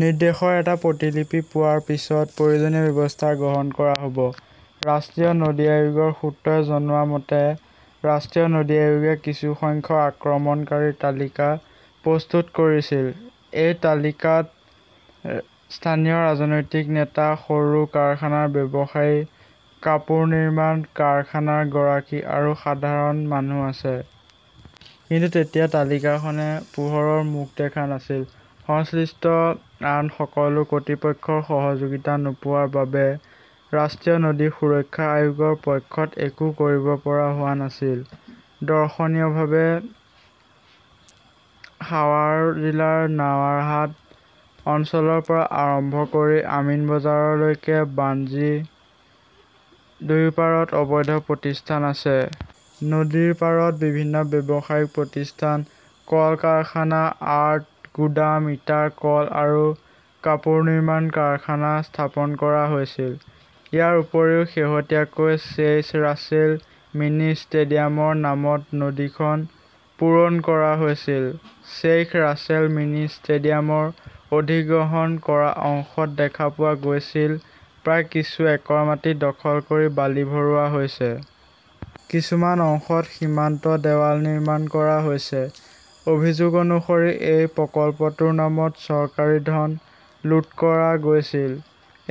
নিৰ্দেশৰ এটা প্ৰতিলিপি পোৱাৰ পিছত প্ৰয়োজনীয় ব্যৱস্থা গ্ৰহণ কৰা হ'ব। ৰাষ্ট্ৰীয় নদী আয়োগৰ সূত্ৰই জনোৱা মতে, ৰাষ্ট্ৰীয় নদী আয়োগে কিছু সংখ্যাক আক্ৰমণকাৰীৰ তালিকা প্ৰস্তুত কৰিছিল। এই তালিকাত স্থানীয় ৰাজনৈতিক নেতা, সৰু কাৰখানাৰ ব্যৱসায়ী, কাপোৰ নিৰ্মাণ কাৰখানাৰ গৰাকী আৰু সাধাৰণ মানুহ আছে। কিন্তু তেতিয়া তালিকাখনে পোহৰৰ মুখ দেখা নাছিল। সংশ্লিষ্ট আন সকলো কৰ্তৃপক্ষৰ সহযোগিতা নোপোৱাৰ বাবে ৰাষ্ট্ৰীয় নদী সুৰক্ষা আয়োগৰ পক্ষত একো কৰিব পৰা হোৱা নাছিল। দৰ্শনীয়ভাৱে, সাৱাৰ জিলাৰ নাৱাৰহাট অঞ্চলৰ পৰা আৰম্ভ কৰি আমিনবজাৰৰলৈকে বাঞ্জী নদীৰ দুয়োপাৰত অবৈধ প্ৰতিষ্ঠান আছে। নদীৰপাৰত বিভিন্ন ব্যৱসায়িক প্ৰতিষ্ঠান, কল-কাৰখানা, আৰ্ট, গুদাম, ইটাৰ কল আৰু কাপোৰ নিৰ্মাণ কাৰখানা স্থাপন কৰা হৈছিল। ইয়াৰ উপৰিও শেহতীয়াকৈ 'শ্বেইখ ৰাছেল মিনি ষ্টেডিয়াম "ৰ নামত নদীখন পূৰণ কৰা হৈছিল। শ্বেইখ ৰাছেল মিনি ষ্টেডিয়ামৰ অধিগ্ৰহণ কৰা অংশত দেখা পোৱা গৈছে প্ৰায় কিছু একৰ মাটি দখল কৰি বালি ভৰোৱা হৈছে। কিছুমান অংশত সীমান্ত দেৱাল নিৰ্মাণ কৰা হৈছে। অভিযোগ অনুসৰি, এই প্ৰকল্পটোৰ নামত চৰকাৰী ধন লুট কৰা হৈছিল।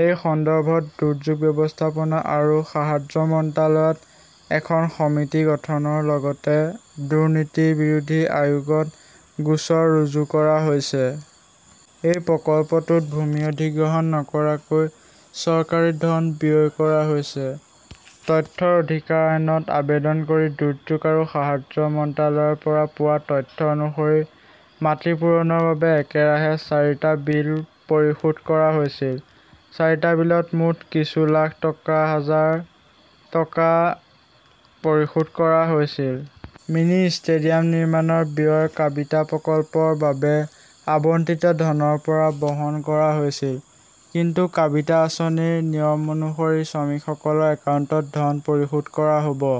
এই সন্দৰ্ভত দুৰ্যোগ ব্যৱস্থাপনা আৰু সাহায্য মন্ত্ৰালয়ত এখন সমিতি গঠনৰ লগতে দুৰ্নীতি বিৰোধী আয়োগত গোচৰ ৰুজু কৰা হৈছে। এই প্ৰকল্পটোত ভূমি অধিগ্ৰহণ নকৰাকৈ চৰকাৰী ধন ব্যয় কৰা হৈছে। তথ্যৰ অধিকাৰ আইনত আবেদন কৰি দুৰ্যোগ আৰু সাহায্য মন্ত্ৰালয়ৰ পৰা পোৱা তথ্য অনুসৰি মাটি পূৰণৰ বাবে একেৰাহে চাৰিটা বিল পৰিশোধ কৰা হৈছিল। চাৰিটা বিলত মুঠ কিছু লাখ হাজাৰ টকা পৰিশোধ কৰা হৈছিল। মিনি ষ্টেডিয়াম নিৰ্মাণৰ ব্যয় কাবিটা প্ৰকল্পৰ বাবে আবণ্টিত ধনৰ পৰা বহন কৰা হৈছিল। কিন্তু কাবিটা আঁচনিৰ নিয়ম অনুসৰি শ্ৰমিকসকলৰ একাউণ্টত ধন পৰিশোধ কৰা হ'ব।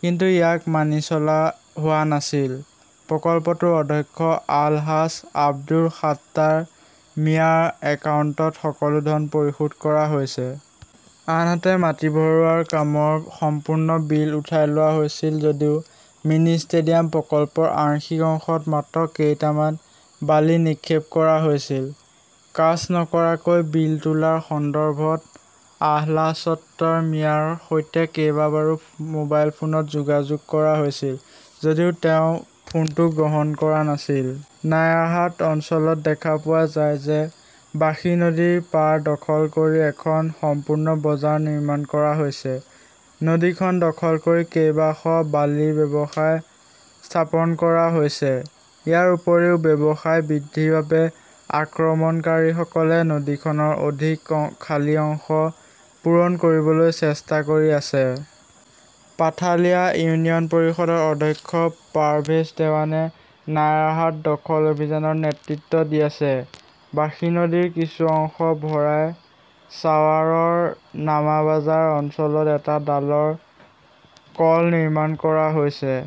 কিন্তু ইয়াক মানি চলা হোৱা নাছিল। প্ৰকল্পটোৰ অধ্যক্ষ আল-হাজ আব্দুৰ সাত্তাৰ মিয়াৰ একাউণ্টত সকলো ধন পৰিশোধ কৰা হৈছে। আনহাতে, মাটি ভৰোৱাৰ কামৰ সম্পূৰ্ণ বিল উঠাই লোৱা হৈছিল যদিও মিনি ষ্টেডিয়াম প্ৰকল্পৰ আংশিক অংশত মাত্ৰ কেইটামান বালি নিক্ষেপ কৰা হৈছিল। কাজ নকৰাকৈ বিল তোলাৰ সন্দৰ্ভত আহলাজ ছত্তৰ মিয়াৰ সৈতে কেইবাবাৰো মোবাইল ফোনত যোগাযোগ কৰা হৈছিল যদিও তেওঁ ফোনটো গ্ৰহণ কৰা নাছিল। নায়াৰহাট অঞ্চলত দেখা পোৱা যায় যে বাঁশী নদীৰ পাৰ দখল কৰি এখন সম্পূৰ্ণ বজাৰ নিৰ্মাণ কৰা হৈছে। নদীখন দখল কৰি কেইবাশ বালিৰ ব্যৱসায় স্থাপন কৰা হৈছে। ইয়াৰ উপৰিও, ব্যৱসায় বৃদ্ধিৰ বাবে আক্ৰমণকাৰীসকলে নদীখনৰ অধিক খালী অংশ পূৰণ কৰিবলৈ চেষ্টা কৰি আছে। পাথালিয়া ইউনিয়ন পৰিষদৰ অধ্যক্ষ পাৰভেজ দেৱানে নায়াৰহাট দখল অভিযানৰ নেতৃত্ব দি আছে। বাঁশী নদীৰ কিছু অংশ ভৰাই ছাৱাৰৰ নামাবাজাৰ অঞ্চলত এটা ডালৰ কল নিৰ্মাণ কৰা হৈছে।